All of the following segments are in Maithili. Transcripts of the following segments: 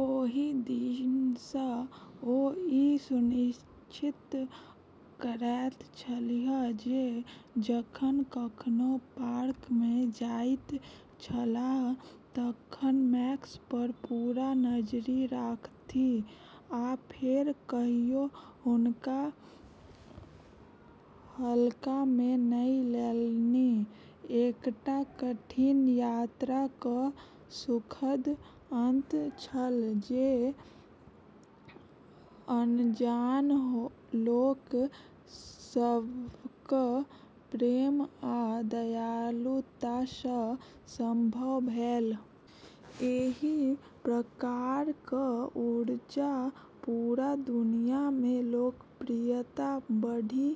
ओहि दिनसँ ओ ई सुनिश्चित करैत छलीह जे जखन कखनो पार्कमे जाइत छलाह तखन मैक्सपर पूरा नजरि राखथि, आ फेर कहियो हुनका हल्कामे नहि लेलनि। एकटा कठिन यात्राक सुखद अंत छल, जे अनजान लोक सभक प्रेम आ दयालुतासँ संभव भेल। एहि प्रकारक ऊर्जा पूरा दुनियामे लोकप्रियता बढ़ि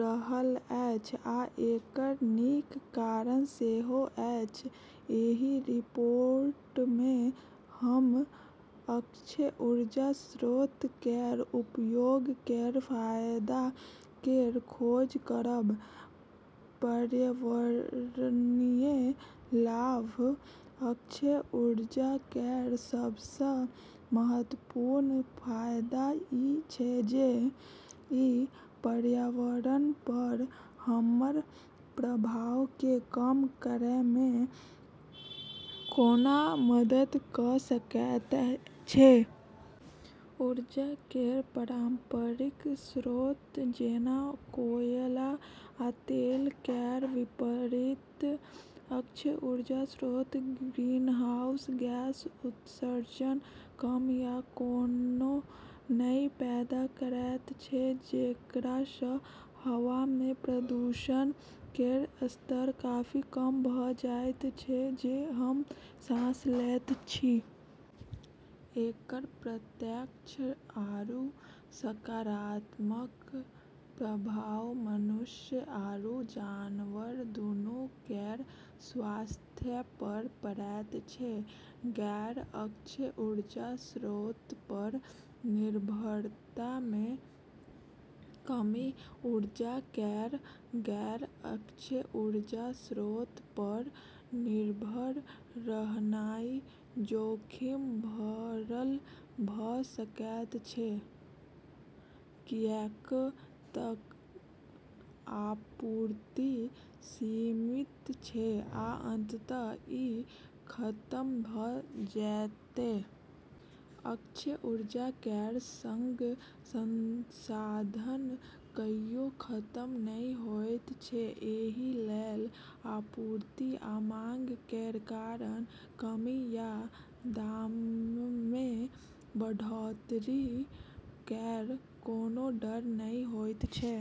रहल अछि आ एकर नीक कारण सेहो अछि। एहि रिपोर्टमे हम अक्षय ऊर्जा स्रोत केर उपयोग केर फायदा केर खोज करब। पर्यावरणीय लाभ: अक्षय ऊर्जा केर सबसँ महत्वपूर्ण फायदा ई छै जे ई पर्यावरणपर हमर प्रभावकेँ कम करैमे कोना मदद कऽ सकैत छै। ऊर्जा केर पारंपरिक स्रोत, जेना कोयला आ तेल केर विपरीत, अक्षय ऊर्जा स्रोत ग्रीनहाउस गैस उत्सर्जन कम या कोनो नहि पैदा करैत छै, जेकरासँ हवामे प्रदूषण केर स्तर काफी कम भऽ जाइत छै जे हम सांस लैत छी। एकर प्रत्यक्ष आरू सकारात्मक प्रभाव मनुष्य आरू जनावर दूनू केर स्वास्थ्यपर पड़ैत छै। गैर-अक्षय ऊर्जा स्रोतपर निर्भरतामे कमी: ऊर्जा केर गैर-अक्षय ऊर्जा स्रोतपर निर्भर रहनाइ जोखिम भरल भऽ सकैत छै, किऐक तऽ आपूर्ति सीमित छै आ अंततः ई खतम भऽ जेतै। अक्षय ऊर्जा केर संग संसाधन कहियो खतम नहि होइत छै, एहि लेल आपूर्ति आ माँग केर कारण कमी या दाममे बढ़ोतरी केर कोनो डर नहि होइत छै।